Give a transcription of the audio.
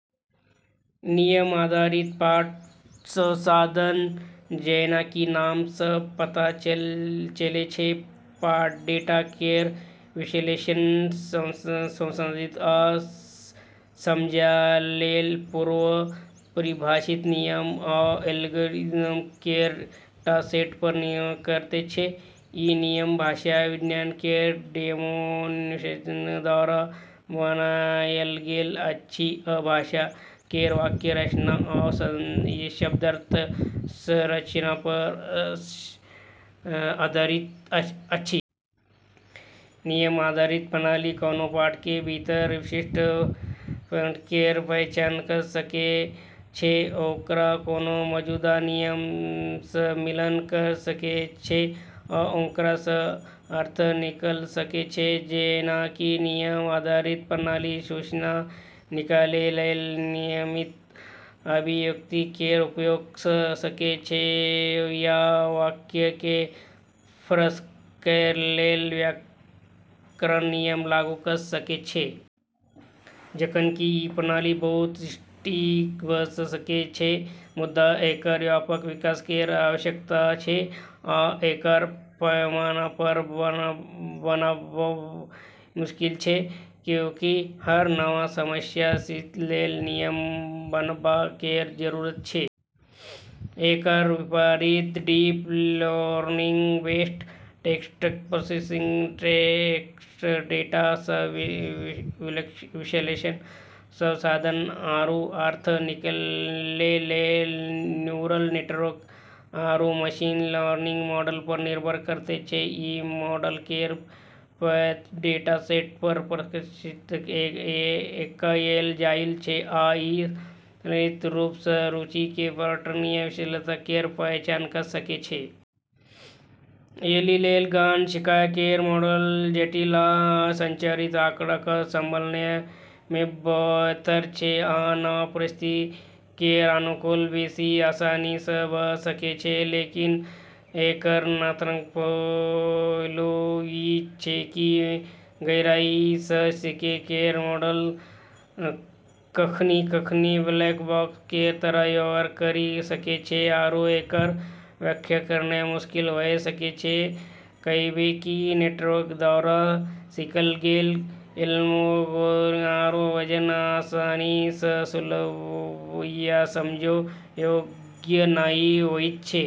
नियम आधारित पाठ संसाधन, जेना कि नाम सँ पता चलै छै, पाठ डेटा केर विश्लेषण, संसाधित आ समझै लेल पूर्व परिभाषित नियम आ एल्गोरिदम केर एकटा सेट पर निर्भर करैत छै। ई नियम भाषा विज्ञान केर डोमेन विशेषज्ञ द्वारा बनाएल गेल अछि, आ भाषा केर वाक्य रचना आ शब्दार्थ संरचना पर आधारित अछि। नियम आधारित प्रणाली कोनो पाठ के भीतर विशिष्ट पैटर्न केर पहचान कऽ सकै छै, ओकरा कोनो मौजूदा नियम सँ मिलान कऽ सकै छै आ ओकरा सँ अर्थ निकाल सकै छै। जेना कि नियम आधारित प्रणाली सूचना निकालै लेल नियमित अभिव्यक्ति केर उपयोग कऽ सकै छै, या वाक्य केँ पार्स करै लेल व्याकरण नियम लागू कऽ सकै छै। जखन कि ई प्रणाली बहुत सटीक भऽ सकै छै, मुदा एकर व्यापक विकास केर आवश्यकता छै आ एकर पैमाना पर बनाबब मुश्किल छै, कियाकि हर नव समस्या या स्थिति लेल नियम बनाबब केर जरूरत छै। एकर विपरीत, deep learning based text processing text data सँ विश्लेषण, संसाधन आरू अर्थ निकालै लेल न्यूरल नेटवर्क आरू मशीन लर्निंग मॉडल पर निर्भर करैत छै। ई मॉडल केर पैघ डेटासेट पर प्रशिक्षित कएल जाइत छै आ ई स्वचालित रूप सँ रुचि केर पैटर्न या विशेषता केर पहचान कऽ सकै छै। एहि लेल गहन सीखय केर मॉडल जटिल आ असंरचित आँकड़ा केँ संभालनाय मे बेहतर छै, आ नव परिस्थिति केर अनुकूल बेसि आसानी सँ भऽ सकै छै। लेकिन एकर नकारात्मक पहलू ई छै कि गहराई सँ सीखै केर मॉडल कखनी-कखनी 'ब्लैक बॉक्स' केर तरह व्यवहार करी सकै छै आरू एकर व्याख्या करनाय मुश्किल होय सकै छै, कहिबे कि नेटवर्क द्वारा सीखल गेल एल्गोरिदम आरू वजन आसानी सँ सुलभ या समझै योग्य नहि होइत छै।